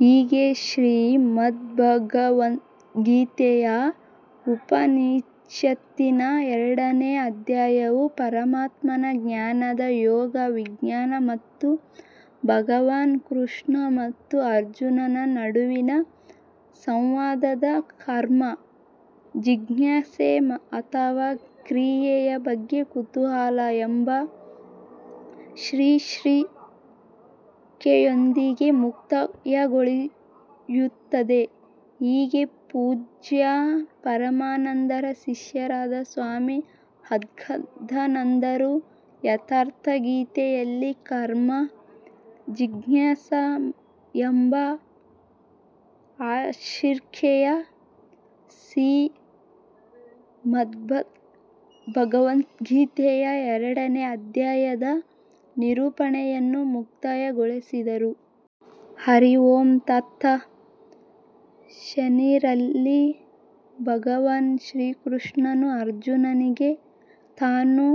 ಹೀಗೆ ಶ್ರೀಮದ್ಭಗವದ್ಗೀತೆಯ ಉಪನಿಷತ್ತಿನ ಎರಡನೇ ಅಧ್ಯಾಯವು ಪರಮಾತ್ಮನ ಜ್ಞಾನದ ಯೋಗ ವಿಜ್ಞಾನ ಮತ್ತು ಭಗವಾನ್ ಕೃಷ್ಣ ಮತ್ತು ಅರ್ಜುನನ ನಡುವಿನ ಸಂವಾದದ ಕರ್ಮ ಜಿಜ್ಞಾಸೆ ಅಥವಾ ಕ್ರಿಯೆಯ ಬಗ್ಗೆ ಕುತೂಹಲ ಎಂಬ ಶೀರ್ಷಿಕೆಯೊಂದಿಗೆ ಮುಕ್ತಾಯಗೊಳ್ಳುತ್ತದೆ. ಹೀಗೆ ಪೂಜ್ಯ ಪರಮಾನಂದರ ಶಿಷ್ಯರಾದ ಸ್ವಾಮಿ ಅದ್ಗದಾನಂದರು ಯಥಾರ್ಥಗೀತೆಯಲ್ಲಿ ಕರ್ಮ ಜಿಜ್ಞಾಸ ಎಂಬ ಶೀರ್ಷಿಕೆಯ ಶ್ರೀಮದ್ಭಗವದ್ಗೀತೆಯ ಎರಡನೇ ಅಧ್ಯಾಯದ ನಿರೂಪಣೆಯನ್ನು ಮುಕ್ತಾಯಗೊಳಿಸಿದರು. ಹರಿ ಓಂ ತತ್ ಶನಿ ರಲ್ಲಿ ಭಗವಾನ್ ಶ್ರೀಕೃಷ್ಣನು ಅರ್ಜುನನಿಗೆ ತಾನು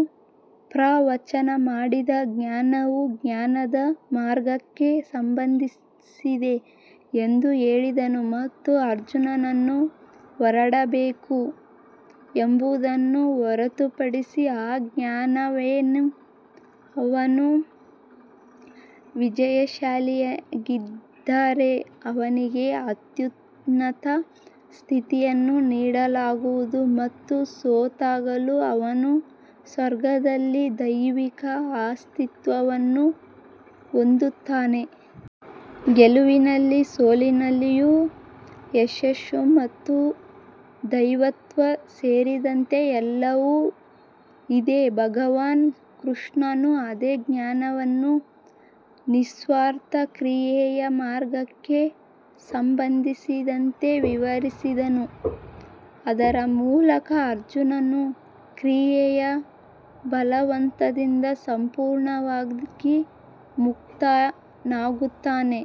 ಪ್ರವಚನ ಮಾಡಿದ ಜ್ಞಾನವು ಜ್ಞಾನದ ಮಾರ್ಗಕ್ಕೆ ಸಂಬಂಧಿಸಿದೆ ಎಂದು ಹೇಳಿದನು. ಮತ್ತು ಅರ್ಜುನನು ಹೋರಾಡಬೇಕು ಎಂಬುದನ್ನು ಹೊರತುಪಡಿಸಿ ಆ ಜ್ಞಾನವೇನು ಅವನು ವಿಜಯಶಾಲಿಯಾಗಿದ್ದರೆ ಅವನಿಗೆ ಅತ್ಯುನ್ನತ ಸ್ಥಿತಿಯನ್ನು ನೀಡಲಾಗುವುದು ಮತ್ತು ಸೋತಾಗಲೂ ಅವನು ಸ್ವರ್ಗದಲ್ಲಿ ದೈವಿಕ ಅಸ್ತಿತ್ವವನ್ನು ಹೊಂದುತ್ತಾನೆ. ಗೆಲುವಿನಲ್ಲಿ ಸೋಲಿನಲ್ಲಿಯೂ ಯಶಸ್ಸು ಮತ್ತು ದೈವತ್ವ ಸೇರಿದಂತೆ ಎಲ್ಲವೂ ಇದೆ ಭಗವಾನ್ ಕೃಷ್ಣನು ಅದೇ ಜ್ಞಾನವನ್ನು ನಿಸ್ವಾರ್ಥ ಕ್ರಿಯೆಯ ಮಾರ್ಗಕ್ಕೆ ಸಂಬಂಧಿಸಿದಂತೆ ವಿವರಿಸಿದನು, ಅದರ ಮೂಲಕ ಅರ್ಜುನನು ಕ್ರಿಯೆಯ ಬಲವಂತದಿಂದ ಸಂಪೂರ್ಣವಾಗಿ ಮುಕ್ತನಾಗುತ್ತಾನೆ.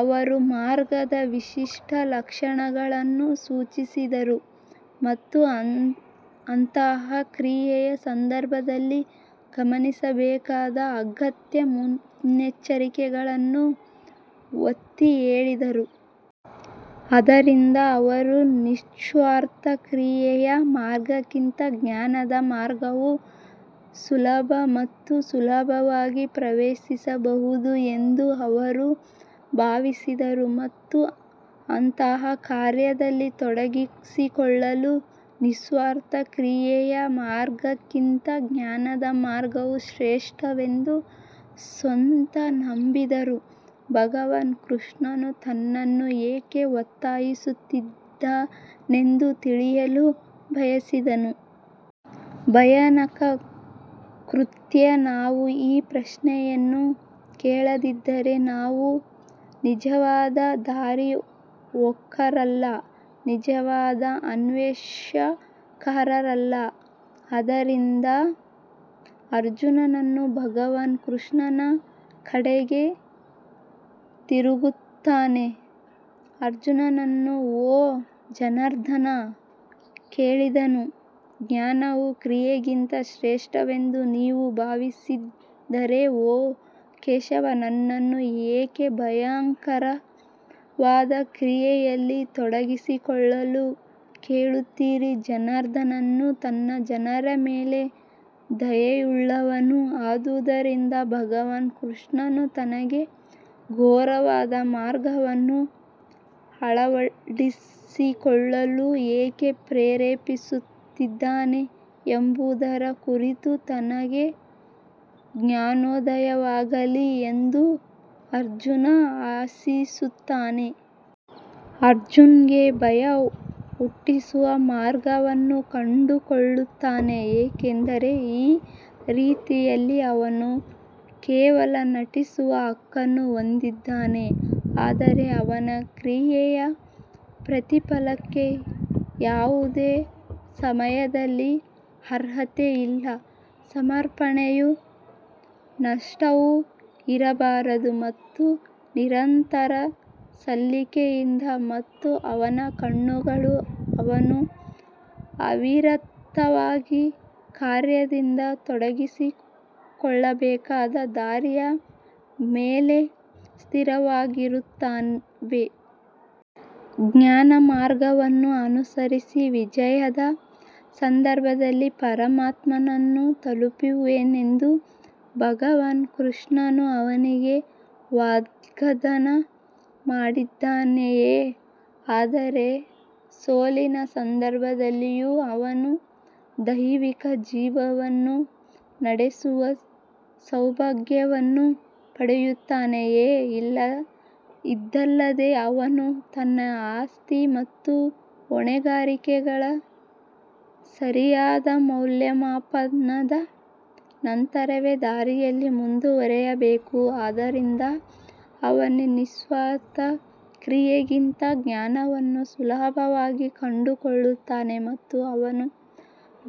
ಅವರು ಮಾರ್ಗದ ವಿಶಿಷ್ಟ ಲಕ್ಷಣಗಳನ್ನು ಸೂಚಿಸಿದರು ಮತ್ತು ಅಂತಹ ಕ್ರಿಯೆಯ ಸಂದರ್ಭದಲ್ಲಿ ಗಮನಿಸಬೇಕಾದ ಅಗತ್ಯ ಮುನ್ನೆಚ್ಚರಿಕೆಗಳನ್ನು ಒತ್ತಿ ಹೇಳಿದರು. ಆದ್ದರಿಂದ ಅವರು ನಿಸ್ವಾರ್ಥ ಕ್ರಿಯೆಯ ಮಾರ್ಗಕ್ಕಿಂತ ಜ್ಞಾನದ ಮಾರ್ಗವು ಸುಲಭ ಮತ್ತು ಸುಲಭವಾಗಿ ಪ್ರವೇಶಿಸಬಹುದು ಎಂದು ಅವರು ಭಾವಿಸಿದರು ಮತ್ತು ಅಂತಹ ಕಾರ್ಯದಲ್ಲಿ ತೊಡಗಿಸಿಕೊಳ್ಳಲು ನಿಸ್ವಾರ್ಥ ಕ್ರಿಯೆಯ ಮಾರ್ಗಕ್ಕಿಂತ ಜ್ಞಾನದ ಮಾರ್ಗವು ಶ್ರೇಷ್ಠವೆಂದು ಸ್ವತಃ ನಂಬಿದ್ದರೂ ಭಗವಾನ್ ಕೃಷ್ಣನು ತನ್ನನ್ನು ಏಕೆ ಒತ್ತಾಯಿಸುತ್ತಿದ್ದಾನೆಂದು ತಿಳಿಯಲು ಬಯಸಿದನು. ಭಯಾನಕ ಕೃತ್ಯ ನಾವು ಈ ಪ್ರಶ್ನೆಯನ್ನು ಕೇಳದಿದ್ದರೆ ನಾವು ನಿಜವಾದ ದಾರಿಹೋಕರಲ್ಲ, ನಿಜವಾದ ಅನ್ವೇಷಕರಲ್ಲ ಆದ್ದರಿಂದ ಅರ್ಜುನನು ಭಗವಾನ್ ಕೃಷ್ಣನ ಕಡೆಗೆ ತಿರುಗುತ್ತಾನೆ ಅರ್ಜುನನು ಓ ಜನಾರ್ದನ್ ಹೇಳಿದನು, ಜ್ಞಾನವು ಕ್ರಿಯೆಗಿಂತ ಶ್ರೇಷ್ಠವೆಂದು ನೀವು ಭಾವಿಸಿದರೆ ಓ ಕೇಶವ್ ನನ್ನನ್ನು ಏಕೆ ಭಯಂಕರವಾದ ಕ್ರಿಯೆಯಲ್ಲಿ ತೊಡಗಿಸಿಕೊಳ್ಳಲು ಕೇಳುತ್ತೀರಿ ಜನಾರ್ದನನು ತನ್ನ ಜನರ ಮೇಲೆ ದಯೆಯುಳ್ಳವನು ಆದುದರಿಂದ ಭಗವಾನ್ ಕೃಷ್ಣನು ತನಗೆ ಘೋರವಾದ ಮಾರ್ಗವನ್ನು ಅಳವಡಿಸಿಕೊಳ್ಳಲು ಏಕೆ ಪ್ರೇರೇಪಿಸುತ್ತಿದ್ದಾನೆ ಎಂಬುದರ ಕುರಿತು ತನಗೆ ಜ್ಞಾನೋದಯವಾಗಲಿ ಎಂದು ಅರ್ಜುನ್ ಆಶಿಸುತ್ತಾನೆ. ಅರ್ಜುನ್ಗೆ ಭಯ ಹುಟ್ಟಿಸುವ ಮಾರ್ಗವನ್ನು ಕಂಡುಕೊಳ್ಳುತ್ತಾನೆ ಏಕೆಂದರೆ ಈ ರೀತಿಯಲ್ಲಿ ಅವನು ಕೇವಲ ನಟಿಸುವ ಹಕ್ಕನ್ನು ಹೊಂದಿದ್ದಾನೆ ಆದರೆ ಅವನ ಕ್ರಿಯೆಯ ಪ್ರತಿಫಲಕ್ಕೆ ಯಾವುದೇ ಸಮಯದಲ್ಲಿ ಅರ್ಹತೆ ಇಲ್ಲ. ಸಮರ್ಪಣೆಯ ನಷ್ಟವೂ ಇರಬಾರದು ಮತ್ತು ನಿರಂತರ ಸಲ್ಲಿಕೆಯಿಂದ ಮತ್ತು ಅವನ ಕಣ್ಣುಗಳು ಅವನು ಅವಿರತವಾಗಿ ಕಾರ್ಯದಲ್ಲಿ ತೊಡಗಿಸಿಕೊಳ್ಳಬೇಕಾದ ದಾರಿಯ ಮೇಲೆ ಸ್ಥಿರವಾಗಿರುತ್ತವೆ. ಜ್ಞಾನಮಾರ್ಗವನ್ನು ಅನುಸರಿಸಿ ವಿಜಯದ ಸಂದರ್ಭದಲ್ಲಿ ಪರಮಾತ್ಮನನ್ನು ತಲುಪುವೆನೆಂದು ಭಗವಾನ್ ಶ್ರೀಕೃಷ್ಣನು ಅವನಿಗೆ ವಾಗ್ದಾನ ಮಾಡಿದ್ದಾನೆಯೇ, ಆದರೆ ಸೋಲಿನ ಸಂದರ್ಭದಲ್ಲಿಯೂ ಅವನು ದೈವಿಕ ಜೀವನವನ್ನು ನಡೆಸುವ ಸೌಭಾಗ್ಯವನ್ನು ಪಡೆಯುತ್ತಾನೆಯೇ? ಇದಲ್ಲದೆ ಅವನು ತನ್ನ ಆಸ್ತಿ ಮತ್ತು ಹೊಣೆಗಾರಿಕೆಗಳ ಸರಿಯಾದ ಮೌಲ್ಯಮಾಪನದ ನಂತರವೇ ದಾರಿಯಲ್ಲಿ ಮುಂದುವರಿಯಬೇಕು ಆದ್ದರಿಂದ ಅವನು ನಿಸ್ವಾರ್ಥ ಕ್ರಿಯೆಗಿಂತ ಜ್ಞಾನವನ್ನು ಸುಲಭವಾಗಿ ಕಂಡುಕೊಳ್ಳುತ್ತಾನೆ ಮತ್ತು ಅವನು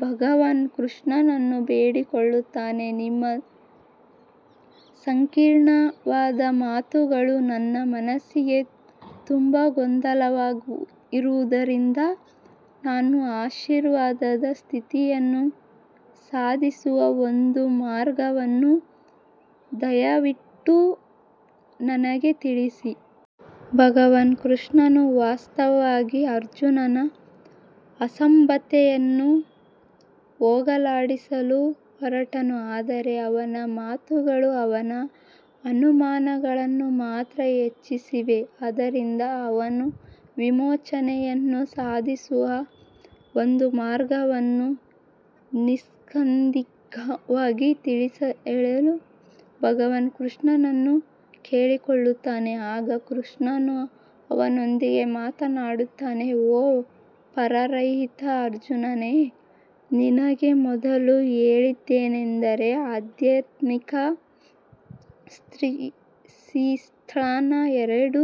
ಭಗವಾನ್ ಕೃಷ್ಣನನ್ನು ಬೇಡಿಕೊಳ್ಳುತ್ತಾನೆ ನಿಮ್ಮ ಸಂಕೀರ್ಣವಾದ ಮಾತುಗಳು ನನ್ನ ಮನಸ್ಸಿಗೆ ತುಂಬಾ ಗೊಂದಲಮಯವಾಗಿರುವುದರಿಂದ ನಾನು ಆಶೀರ್ವಾದದ ಸ್ಥಿತಿಯನ್ನು ಸಾಧಿಸುವ ಒಂದು ಮಾರ್ಗವನ್ನು ದಯವಿಟ್ಟು ನನಗೆ ತಿಳಿಸಿ. ಭಗವಾನ್ ಕೃಷ್ಣನು ವಾಸ್ತವವಾಗಿ ಅರ್ಜುನನ ಅಸಂಬದ್ಧತೆಯನ್ನು ಹೋಗಲಾಡಿಸಲು ಹೊರಟನು ಆದರೆ ಅವನ ಮಾತುಗಳು ಅವನ ಅನುಮಾನಗಳನ್ನು ಮಾತ್ರ ಹೆಚ್ಚಿಸಿವೆ. ಆದ್ದರಿಂದ ಅವನು ವಿಮೋಚನೆಯನ್ನು ಸಾಧಿಸುವ ಒಂದು ಮಾರ್ಗವನ್ನು ನಿಸ್ಸಂದಿಗ್ಧವಾಗಿ ತಿಳಿಸಲು ಭಗವಾನ್ ಕೃಷ್ಣನನ್ನು ಕೇಳಿಕೊಳ್ಳುತ್ತಾನೆ. ಆಗ ಶ್ರೀಕೃಷ್ಣನು ಅವನೊಂದಿಗೆ ಮಾತನಾಡುತ್ತಾನೆ ಓ ಪಾಪರಹಿತ ಅರ್ಜುನನೇ ನಿನಗೆ ಮೊದಲು ಹೇಳಿದ್ದೇನೆಂದರೆ ಆಧ್ಯಾತ್ಮಿಕ ಶಿಸ್ತಿನ ಎರಡು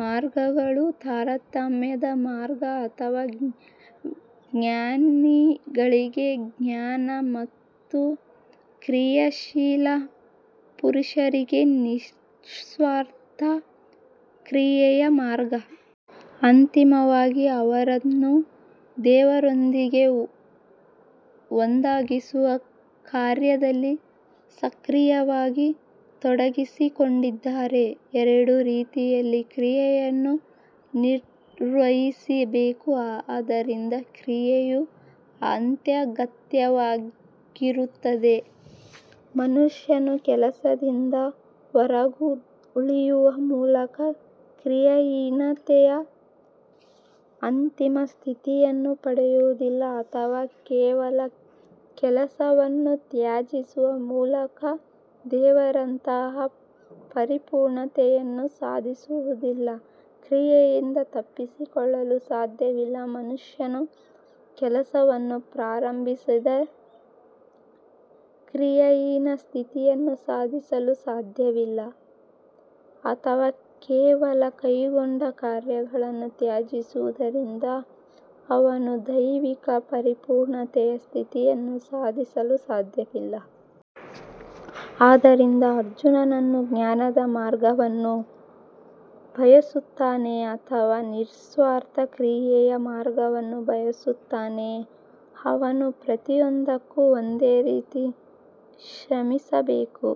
ಮಾರ್ಗಗಳು ತಾರತಮ್ಯದ ಮಾರ್ಗ ಅಥವಾ ಜ್ಞಾನಿಗಳಿಗೆ ಜ್ಞಾನ ಮತ್ತು ಕ್ರಿಯಾಶೀಲ ಪುರುಷರಿಗೆ ನಿಸ್ವಾರ್ಥ ಕ್ರಿಯೆಯ ಮಾರ್ಗ. ಅಂತಿಮವಾಗಿ ಅವರನ್ನು ದೇವರೊಂದಿಗೆ ಒಂದಾಗಿಸುವ ಕಾರ್ಯದಲ್ಲಿ ಸಕ್ರಿಯವಾಗಿ ತೊಡಗಿಸಿಕೊಂಡಿದ್ದಾರೆ ಎರಡೂ ರೀತಿಯಲ್ಲಿ ಕ್ರಿಯೆಯನ್ನು ನಿರ್ವಹಿಸಬೇಕು ಆದ್ದರಿಂದ ಕ್ರಿಯೆಯು ಅತ್ಯಗತ್ಯವಾಗಿರುತ್ತದೆ ಮನುಷ್ಯನು ಕೆಲಸದಿಂದ ಹೊರಗುಳಿಯುವ ಮೂಲಕ ಕ್ರಿಯಾಹೀನತೆಯ ಅಂತಿಮ ಸ್ಥಿತಿಯನ್ನು ಪಡೆಯುವುದಿಲ್ಲ ಅಥವಾ ಕೇವಲ ಕೆಲಸವನ್ನು ತ್ಯಜಿಸುವ ಮೂಲಕ ದೇವರಂತಹ ಪರಿಪೂರ್ಣತೆಯನ್ನು ಸಾಧಿಸುವುದಿಲ್ಲ. ಕ್ರಿಯೆಯಿಂದ ತಪ್ಪಿಸಿಕೊಳ್ಳಲು ಸಾಧ್ಯವಿಲ್ಲ ಮನುಷ್ಯನು ಕೆಲಸವನ್ನು ಪ್ರಾರಂಭಿಸದೆ ಕ್ರಿಯಾಹೀನ ಸ್ಥಿತಿಯನ್ನು ಸಾಧಿಸಲು ಸಾಧ್ಯವಿಲ್ಲ ಅಥವಾ ಕೇವಲ ಕೈಗೊಂಡ ಕಾರ್ಯವನ್ನು ತ್ಯಜಿಸುವುದರಿಂದ ಅವನು ದೈವಿಕ ಪರಿಪೂರ್ಣತೆಯ ಸ್ಥಿತಿಯನ್ನು ಸಾಧಿಸಲು ಸಾಧ್ಯವಿಲ್ಲ. ಆದ್ದರಿಂದ ಅರ್ಜುನನು ಜ್ಞಾನದ ಮಾರ್ಗವನ್ನು ಬಯಸುತ್ತಾನೆ ಅಥವಾ ನಿಸ್ವಾರ್ಥ ಕ್ರಿಯೆಯ ಮಾರ್ಗವನ್ನು ಬಯಸುತ್ತಾನೆ, ಅವನು ಪ್ರತಿಯೊಂದಕ್ಕೂ ಒಂದೇ ರೀತಿ ಶ್ರಮಿಸಬೇಕು.